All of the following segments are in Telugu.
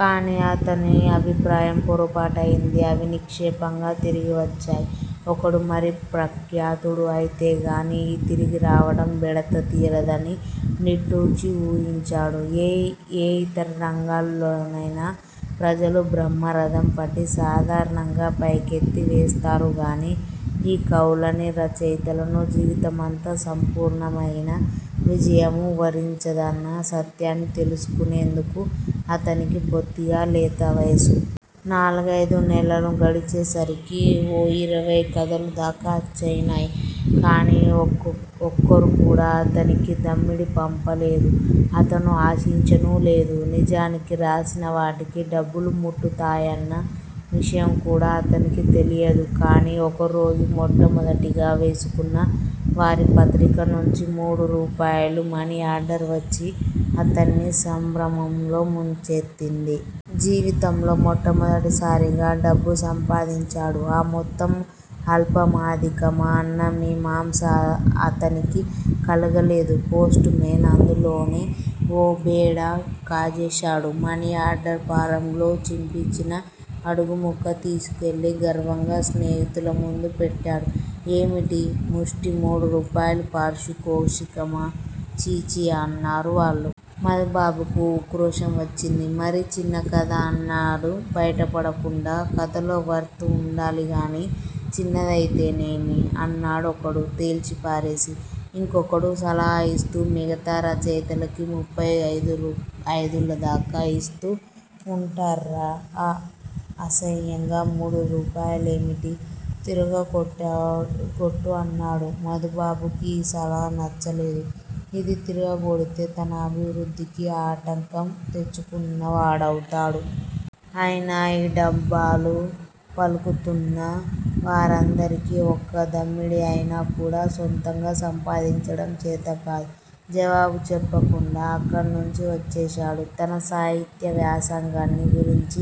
కాని అతని అభిప్రాయం పొరపాటయింది. అవి నిక్షేపంగా తిరగివచ్చాయి. ఒకడు మరీ ప్రఖ్యాతుడు అయితేగాని ఈ తిరిగిరావటం బెడద తీరదని నిట్టూర్చి వూహించాడు. ఏ ఇతర రంగాల్లోనయినా ప్రజలు బ్రహ్మరథం పట్టి సాధారణంగా పైకెత్తివేస్తారుగానీ ఈ కవులనీ, రచయితలనూ జీవితమంతా సంపూర్ణమయిన విజయము వరించదన్న సత్యాన్ని తెలుసుకునేందుకు అతనికి బొత్తిగా లేతవయసు. నాలుగయిదు నెలలు గడిచేసరికి ఓ యిరవై కథలుదాకా అచ్చయినాయి. కానీ ఒక్కరుకూడా అతనికి దమ్మిడీ పంపలేదు. అతను ఆశించనూలేదు. నిజానికి రాసినవాటికి డబ్బులు ముట్టుతాయన్న విషయంకూడా అతనికి తెలియదు. కాని ఒకరోజు మొట్టమొదటిగా వేసుకున్న వారి పత్రికనుంచి మూడురూపాయలు మనిఆర్డర్ వచ్చి అతన్ని సంభ్రమంలో ముంచెత్తింది. జీవితంలో మొట్టమొదటిసారిగా డబ్బు సంపాదించాడు. ఆ మొత్తం అల్పమా అధికమా అన్న మీమాంస అతనికి కలగలేదు. పోస్టుమేన్ అందులోనే ఓ బేడా కాజేశాడు. మనిఆర్దర్ ఫారంలో చింపియిచ్చిన అడుగుముక్క తీసుకువెళ్లి గర్వంగా స్నేహితులముందు పెట్టాడు. ఏమిటి? ముష్టి మూడు రూపాయల పారితోషికమా? ఛీఛీ అన్నారు వాళ్లు. మధుబాబుకు ఉక్రోషం వచ్చింది. మరి చిన్నకథ అన్నాడు బయటపడకుండా. కథలో వర్త్ వుండాలిగానీ చిన్నదయితేనేమి? అన్నాడొకడు తేల్చిపారేసి. ఇంకొకడు సలహా ఇస్తూ మిగతా రచయితలకి ముప్ఫయి రూపాయిలదాకా యిస్తూ వుంటార్రా. అసహ్యంగా మూడురూపాయలేమిటి? తిరగగొట్టు' అన్నాడు. మధుబాబుకి ఈ సలహా నచ్చలేదు. ఇది తిరగగొడితే తన అభివృద్ధికి ఆటంకం తెచ్చుకున్న వాడవుతాడు. అయినా ఈ డంబాలు పలుకుతున్న వారందరికీ ఒక్క దమ్మిడీ అయినాకూడా సొంతంగా సంపాదించటం చేతకాదు. జవాబు చెప్పకుండా అక్కడినుంచి వచ్చేశాడు. తన సాహిత్య వ్యాసంగాన్ని గురించి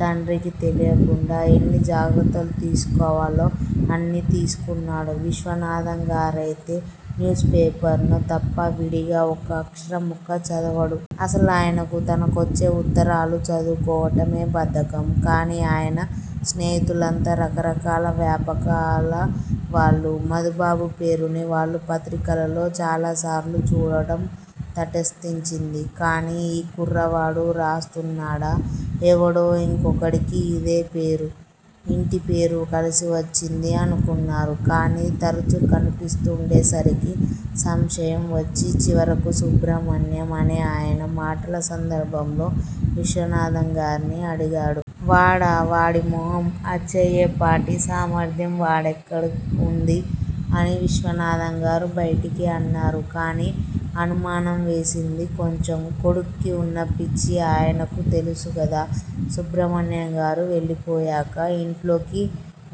తండ్రికి తెలియకుండా ఎన్ని జాగ్రత్తలు తీసుకోవాలో అన్నీ తీసుకున్నాడు. విశ్వనాథంగారయితే న్యూస్ పేపర్ తప్ప విడిగా ఒక్క అక్షరంముక్క చదవడు. అసలాయనకు తనకొచ్చే వుత్తరాలు చదువుకోవటమే బద్ధకం. కాని ఆయన స్నేహితులంతా రకరకాల వ్యాపకాల వాళ్లు. మధుబాబు పేరుని వాళ్లు పత్రికలలో చాలాసార్లు చూడటం తటస్థించింది. కాని ఈ కుర్రవాడు రాస్తున్నాడా? ఎవడో ఇంకొకడికి ఇదే పేరూ, ఇంటిపేరూ కలిసి వచ్చింది అనుకున్నారు. కాని తరచు కనిపిస్తుండేసరికి సంశయం వచ్చి, చివరకు సుబ్రహ్మణ్యం అనే ఆయన మాటల సందర్భంలో విశ్వనాథంగారిని అడిగాడు. వాడా! వాడి మొహం. అచ్చయే పాటి సామర్థ్యం వాడికెక్కడ వుంది? అని విశ్వనాథంగారు బయటికి అన్నారు. కాని అనుమానం వేసింది కొంచెం. కొడుక్కి వున్న పిచ్చి ఆయనకు తెలుసుగదా. సుబ్రహ్మణ్యంగారు వెళ్ళిపోయాక ఇంట్లోకి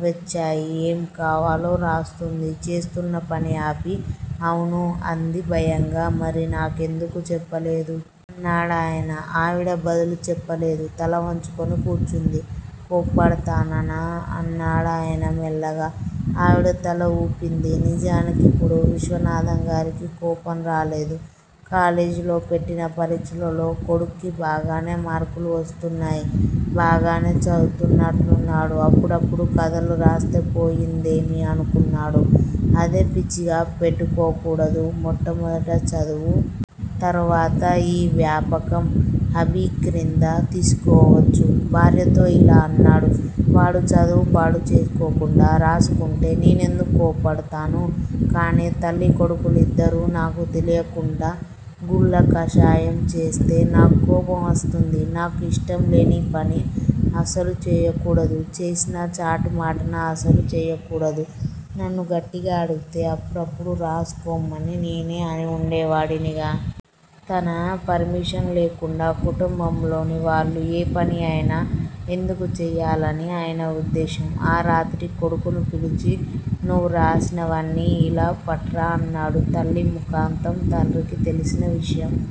వెచ్చాలు ఏంకావాలో రాస్తోంది. చేస్తున్నపని ఆపి అవును అంది భయంగా. మరి నాకెందుకు చెప్పలేదు? అన్నాడాయన. ఆవిడ బదులు చెప్పలేదు. తలవంచుకుని కూర్చుంది. కోప్పడతాననా అన్నాడాయన మెల్లగా. ఆవిడ తలవూపింది. నిజానికిప్పుడు విశ్వనాథంగారికి కోపంరాలేదు. కాలేజీలో పెట్టిన పరీక్షలలో కొడుక్కి బాగానే మార్కులు వస్తున్నాయి. బాగానే చదువుతున్నట్లున్నాడు. అప్పుడప్పుడూ కథలు రాస్తే పోయిందేమి? అనుకున్నాడు. అదే పిచ్చిగా పెట్టుకోకూడదు. మొట్టమొదట చదువు. తరువాత యీ వ్యాపకం. హాబీక్రింద తీసుకోవచ్చు. భార్యతో యిలా అన్నాడు. వాడు చదువు పాడుచేసుకోకుండా రాసుకుంటే నేనెందుకు కోప్పడతాను? కాని తల్లీ కొడుకులిద్దరూ నాకు తెలీకుండా గుళ్ళకాషాయం చేస్తే నాకు కోపంవస్తుంది. నాకు ఇష్టంలేని పని అసలు చెయ్యకూడదు. చేసినా చాటుమాటున అసలు చెయ్యకూడదు. నన్ను గట్టిగా అడిగితే అప్పుడప్పుడూ రాసుకొనమని నేనే అని వుండేవాడినిగా. తన పర్మిషను లేకుండా కుటుంబంలోని వాళ్ళు ఏ పని అయినా ఎందుకు చెయ్యాలని ఆయన ఉద్దేశం. ఆ రాత్రి కొడుకుని పిలిచి నువ్వు రాసినవన్నీ ఇలా పట్రా అన్నాడు. తల్లిముఖతః తండ్రికి తెలిసిన విషయం